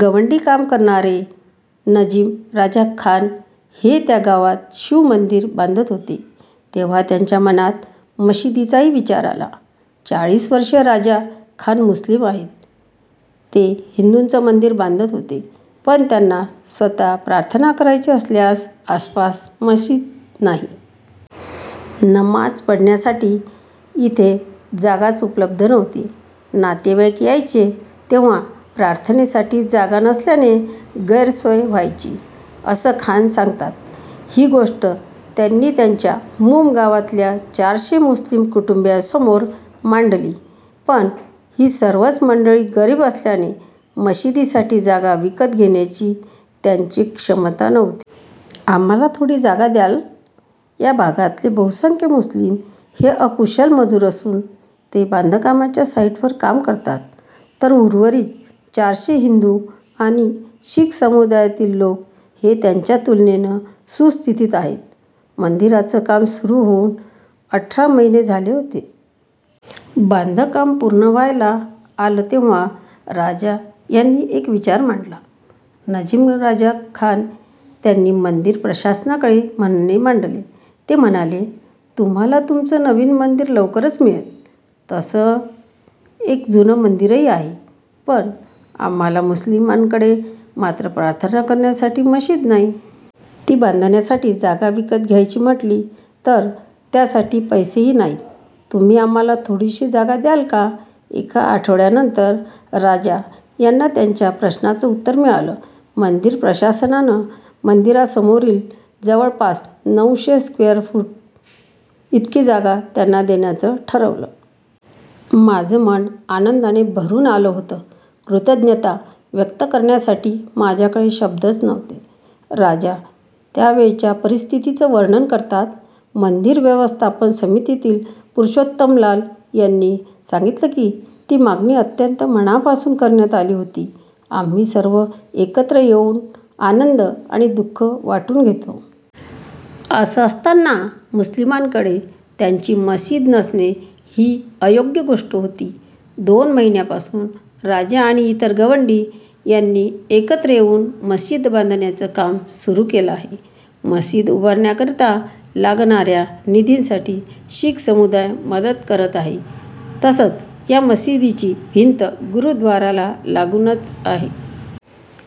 गवंडी काम करणारे नजीम राजा खान हे त्या गावात शिव मंदिर बांधत होते. तेव्हा त्यांच्या मनात मशिदीचाही विचार आला. चाळीस वर्षीय राजा खान मुस्लीम आहेत. ते हिंदूचं मंदिर बांधत होते. पण त्यांना स्वत: प्रार्थना करायची असल्यास आसपास मशीद नाही. नमाज पढण्यासाठी इथे जागाच उपलब्ध नव्हती. नातेवाईक यायचे तेव्हा प्रार्थनेसाठी जागा नसल्यानं गैरसोय व्हायची, असं खान सांगतात. ही गोष्ट त्यांनी त्यांच्या मूम गावातल्या चारशे मुस्लीम कुटुंबीयांसमोर मांडली. पण ही सर्वच मंडळी गरीब असल्यानं मशिदीसाठी जागा विकत घेण्याची त्यांची क्षमता नव्हती. आम्हाला थोडी जागा द्याल? या भागातले बहुसंख्य मुस्लीम हे अकुशल मजूर असून ते बांधकामाच्या साईटवर काम करतात. तर उर्वरित चारशे हिंदू आणि शीख समुदायातील लोक हे त्यांच्या तुलनेनं सुस्थितीत आहेत. मंदिराचं काम सुरू होऊन अठरा महीने झाले होते. बांधकाम पूर्ण व्हायला आलं तेव्हा राजा यांनी एक विचार मांडला. नजीम राजा खान त्यांनी मंदिर प्रशासनाकडे म्हणणं मांडंलं. ते म्हणाले, तुम्हाला तुमचं नवीन मंदिर लवकरच मिळेल. तसंच एक जुनं मंदिरही आहे. पण आम्हा मुस्लिमांकडे मात्र प्रार्थना करण्यासाठी मशीद नाही. ती बांधण्यासाठी जागा विकत घ्यायची म्हटली तर त्यासाठी पैसेही नाहीत. तुम्ही आम्हाला थोडीशी जागा द्याल का? एका आठवड्यानंतर राजा यांना त्यांच्या प्रश्नाचं उत्तर मिळालं. मंदिर प्रशासनानं मंदिरासमोरील जवळपास नऊशे स्क्वेअर फूट इतकी जागा त्यांना देण्याचं ठरवलं. माझं मन आनंदानं भरून आलं होतं. कृतज्ञता व्यक्त करण्यासाठी माझ्याकडे शब्दच नव्हते, राजा त्यावेळच्या परिस्थितीचं वर्णन करतात. मंदिर व्यवस्थापन समितीतील पुरषोत्तम लाल यांनी सांगितलं की, ती मागणी अत्यंत मनापासून करण्यात आली होती. आम्ही सर्व एकत्र येऊन आनंद आणि दु:ख वाटून घेतो. असं असताना मुस्लिमांकडे त्यांची मशीद नसणं, ही अयोग्य गोष्ट होती. दोन महिन्यांपासून राजा आणि इतर गवंडी यांनी एकत्र येऊन मशीद बांधण्याचं काम सुरू केलं आहे. मशीद उभारण्याकरता लागणाऱ्या निधीसाठी शीख समुदाय मदत करत आहे, तसंच या मशिदीची भिंत गुरुद्वाराला लागूनच आहे.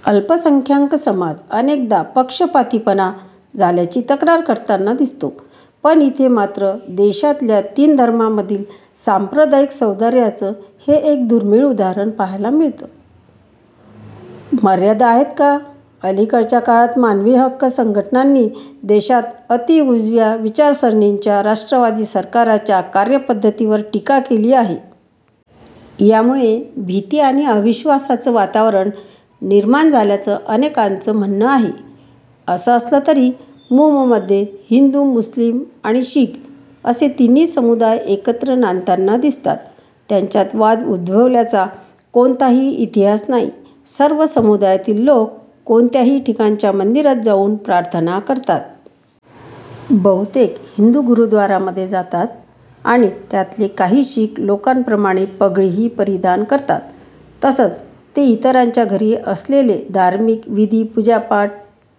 अल्पसंख्याक समाज अनेकदा पक्षपातीपणा झाल्याची तक्रार करताना दिसतो. पण इथे मात्र देशातल्या तीन धर्मांमधील सांप्रदायिक सौहर्दाचं हे एक दुर्मीळ उदाहरण पाहायला मिळतं. मर्यादा आहेत का? अलिकडच्या काळात, मानवी हक्क संघटनांनी देशात अती उजव्या विचारसरणीच्या राष्ट्रवादी सरकारांच्या कार्यपध्दतीवर टीका केली आहे. यामुळे भीती आणि अविश्वासाचं वातावरण निर्माण झाल्याचं अनेकांचं म्हणणं आहे. असं असलं तरी, मूममध्ये हिंदू, मुस्लीम आणि शीख असे तिन्ही समुदाय एकत्र नांदताना दिसतात. त्यांच्यात वाद उद्भवल्याचा कोणताही इतिहास नाही. सर्व समुदायातील लोक कोणत्याही ठिकाणच्या मंदिरात जाऊन प्रार्थना करतात. बहुतेक हिंदू गुरुद्वारामध्ये जातात आणि त्यातले काही शीख लोकांप्रमाणे पगडीही परिधान करतात. तसंच ते इतरांच्या घरी असलेले धार्मिक विधी, पूजापाठ